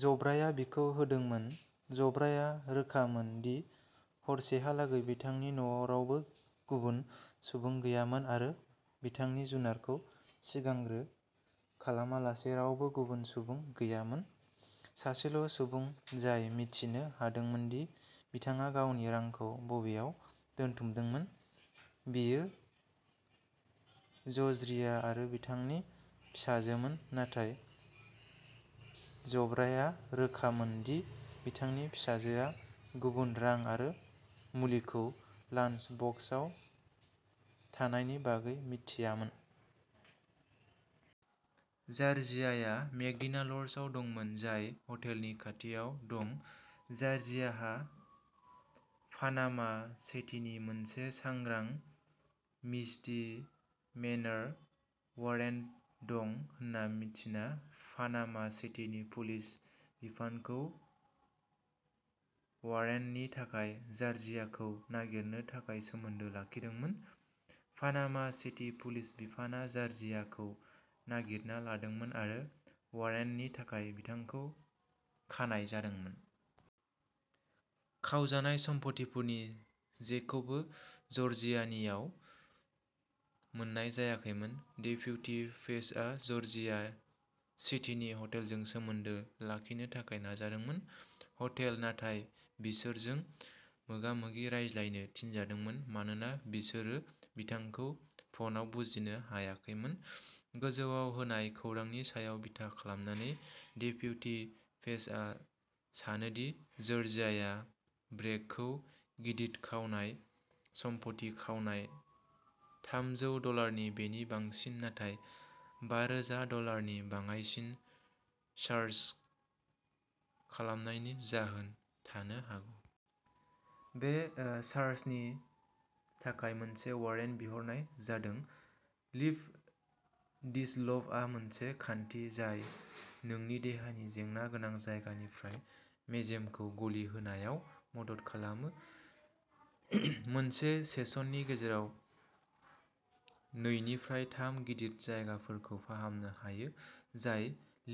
जब्राया बिखौ होदोंमोन। जब्राया रोखामोन दि हरसेहालागै बिथांनि न'आव रावबो गुबुन सुबुं गैयामोन आरो बिथांनि जुनारखौ सिगांग्रो खालामालासे रावबो गुबुन सुबुं गैयामोन। सासेल सुबुं जाय मिथिनो हादोंमोन दि बिथाङा गावनि रांखौ बबेहाय दोनथुमदोंमोन बियो जर्जिया आरो बिथांनि फिसाजोमोन नाथाय जब्राया रोखामोन दि बिथांनि फिसाजोआ गुबुन रां आरो मुलिखौ लान्स बक्सआव थानायनि बागै मिथियामोन। जर्जिया मेकडोनाल्ड्सआव दंमोन जाय हटेलनि खाथियाव दं। जर्जियाहा पानामा सिटीनि मोनसे सांग्रां मिसडिमेनर वारेन्ट दं होन्ना मिन्थिना पानामा सिटी पुलिस बिफानखौ वारन्टनि थाखाय जर्जियाखौ नागिरनो थाखाय सोमोन्दो लाखिदोंमोन। पानामा सिटी पुलिस बिफानआ जर्जियाखौ नागिरना लादोंमोन आरो वारन्टनि थाखाय बिथांखौ खानाय जादोंमोन। खावजानाय सम्पथिफोरनि जेबोखौबो जर्जियानियाव मोन्नाय जायाखैमोन। डेप्युटी पेजआ जर्जिया सिटिनि हटेलजों सोमोन्दो लाखिनो थाखाय नाजादोंमोन। हटेल नाथाय बिसोरजों मोगामोगि रायज्लायनो थिनजादोंमोन मानोना बिसोरो बिथांखौ फनआव बुजिनो हायाखैमोन। गोजौआव होनाय खौरांनि सायाव बिथा खालामनानै डेप्युटी पेजआ सानो दि जर्जिया ब्रकखौ गिदिर खावनाय, सम्पथि खावनाय थामजौ डलार बेनि बांसिन नाथाय बारोजा डलारनि बाङाइसिन चार्ज खालामनायनि जाहोन थानो हागौ। बे चार्जनि थाखाय मोनसे वारेन्ट बिहरनाय जादों। लिप'डिसलभआ मोनसे खान्थि जाय नोंनि देहानि जेंना गोनां जायगाफोरनिफ्राय मेजेमखौ गलिहोनायाव मदद खालामो। मोनसे सेसननि गेजेराव नैनिफ्राय थाम गिदिर जायगाफोरखौ फाहामनो हायो। जाय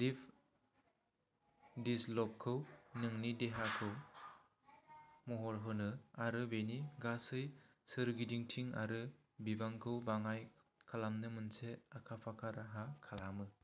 लिप'डिसलभखौ नोंनि देहाखौ महर होनो आरो बेनि गासै सोरगिदिंथि आरो बिबांखौ बाङाइ खालामनो मोनसे आखा-फाखा राहा खालामो।